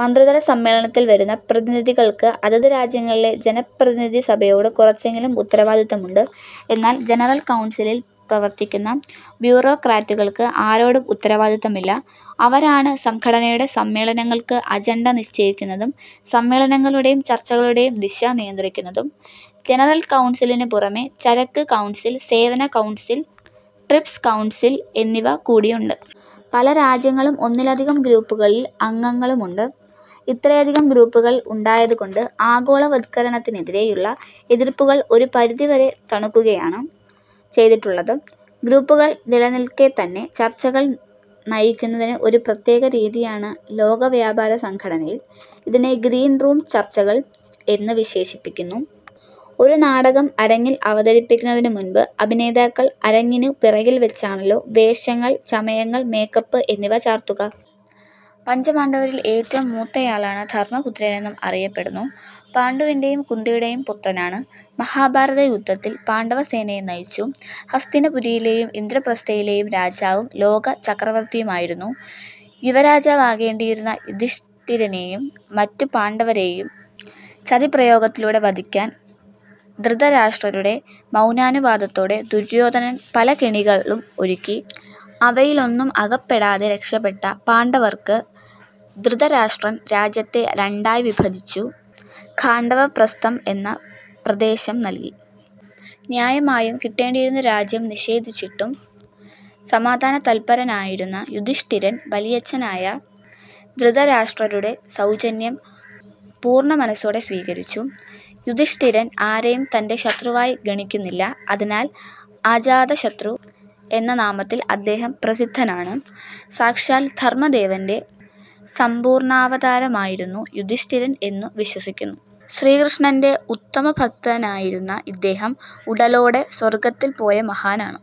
മന്ത്രിതലസമ്മേളനത്തിൽ വരുന്ന പ്രതിനിധികൾക്ക് അതത് രാജ്യങ്ങളിലെ ജനപ്രതിനിധിസഭയോടു കുറച്ചെങ്കിലും ഉത്തരവാദിത്തമുണ്ട്. എന്നാൽ ജനറൽ കൌൺസിലിൽ പ്രവർത്തിക്കുന്ന ബ്യൂറോക്രാറ്റുകൾക്ക് ആരോടും ഉത്തരവാദിത്തമില്ല. അവരാണ് സംഘടനയുടെ സമ്മേളനങ്ങൾക്ക് അജൻഡ നിശ്ചയിക്കുന്നതും സമ്മേളനങ്ങളുടെയും ചർച്ചകളുടെയും ദിശ നിയന്ത്രിക്കുന്നതും. ജനറൽ കൗൺസിലിനു പുറമേ, ചരക്ക് കൗൺസിൽ, സേവന കൗൺസിൽ, ട്രിപ്സ് കൌൺസിൽ എന്നിവകൂടിയുണ്ട്. പല രാജ്യങ്ങളും ഒന്നിലധികം ഗ്രൂപ്പുകളിൽ അംഗങ്ങളുമാണ്. ഇത്രയധികം ഗ്രൂപ്പുകൾ ഉണ്ടായതുകൊണ്ട് ആഗോളവത്കരണത്തിനെതിരെയുള്ള എതിർപ്പുകൾ ഒരു പരിധിവരെ തണുക്കുകയാണ് ചെയ്തിട്ടുള്ളത്. ഗ്രൂപ്പുകൾ നിലനിൽക്കെത്തന്നെ ചർച്ചകൾ നയിക്കുന്നതിന് ഒരു പ്രത്യേക രീതിയാണ് ലോകവ്യാപാരസംഘടനയിൽ. ഇതിനെ ഗ്രീൻ റൂംചർച്ചകൾ എന്നു വിശേഷിപ്പിക്കുന്നു. ഒരു നാടകം അരങ്ങിൽ അവതരിപ്പിക്കുന്നതിനുമുമ്പ്, അഭിനേതാക്കൾ അരങ്ങിനു പിറകിൽ വച്ചാണല്ലോ വേഷങ്ങൾ ചമയങ്ങൾ മേക്കപ്പ് എന്നിവ ചാർത്തുക. പഞ്ചപാണ്ഡവരിൽ ഏറ്റവും മൂത്തയാളാണ് ധർമ്മപുത്രരെന്നും അറിയപ്പെടുന്നു. പാണ്ഡുവിന്റെയും കുന്തിയുടെയും പുത്രനാണ്. മഹാഭാരതയുദ്ധത്തിൽ പാണ്ഡവസേനയെ നയിച്ചു. ഹസ്തിനപുരിയിലേയും ഇന്ദ്രപ്രസ്ഥയിലേയും രാജാവും ലോക ചക്രവർത്തിയുമായിരുന്നു. യുവരാജാവാകേണ്ടിയിരുന്ന യുധിഷ്ഠിരനേയും മറ്റു പാണ്ഡവരെയും ചതിപ്രയോഗത്തിലൂടെ വധിക്കാൻ ധൃതരാഷ്ട്രരുടെ മൗനാനുവാദത്തോടെ ദുര്യോധനൻ പല കെണികളും ഒരുക്കി. അവയിലൊന്നും അകപ്പെടാതെ രക്ഷപ്പെട്ട പാണ്ഡവർക്ക്, ധൃതരാഷ്ട്രർ രാജ്യത്തെ രണ്ടായി വിഭജിച്ചു ഖാണ്ഡവപ്രസ്ഥം എന്ന പ്രദേശം നല്കി. ന്യായമായും കിട്ടേണ്ടിയിരുന്ന രാജ്യം നിഷേധിച്ചിട്ടും സമാധാനതല്പ്പരനായിരുന്ന യുധിഷ്ഠിരൻ വലിയച്ഛനായ ധൃതരാഷ്ട്രരുടെ സൗജന്യം പൂർണമനസ്സോടെ സ്വീകരിച്ചു. യുധിഷ്ഠിരൻ ആരെയും തന്റെ ശത്രുവായി ഗണിക്കുന്നില്ല. അതിനാൽ അജാതശത്രു എന്ന നാമത്തിൽ അദ്ദേഹം പ്രസിദ്ധനാണ്. സാക്ഷാൽ ധർമ്മദേവന്റെ സംപൂർണ്ണാവതാരമായിരുന്നു യുധിഷ്ഠിരൻ എന്നു വിശ്വസിക്കുന്നു. ശ്രീകൃഷ്ണന്റെ ഉത്തമ ഭക്തനായിരുന്ന ഇദ്ദേഹം ഉടലോടെ സ്വർഗ്ഗത്തിൽ പോയ മഹാനാണ്.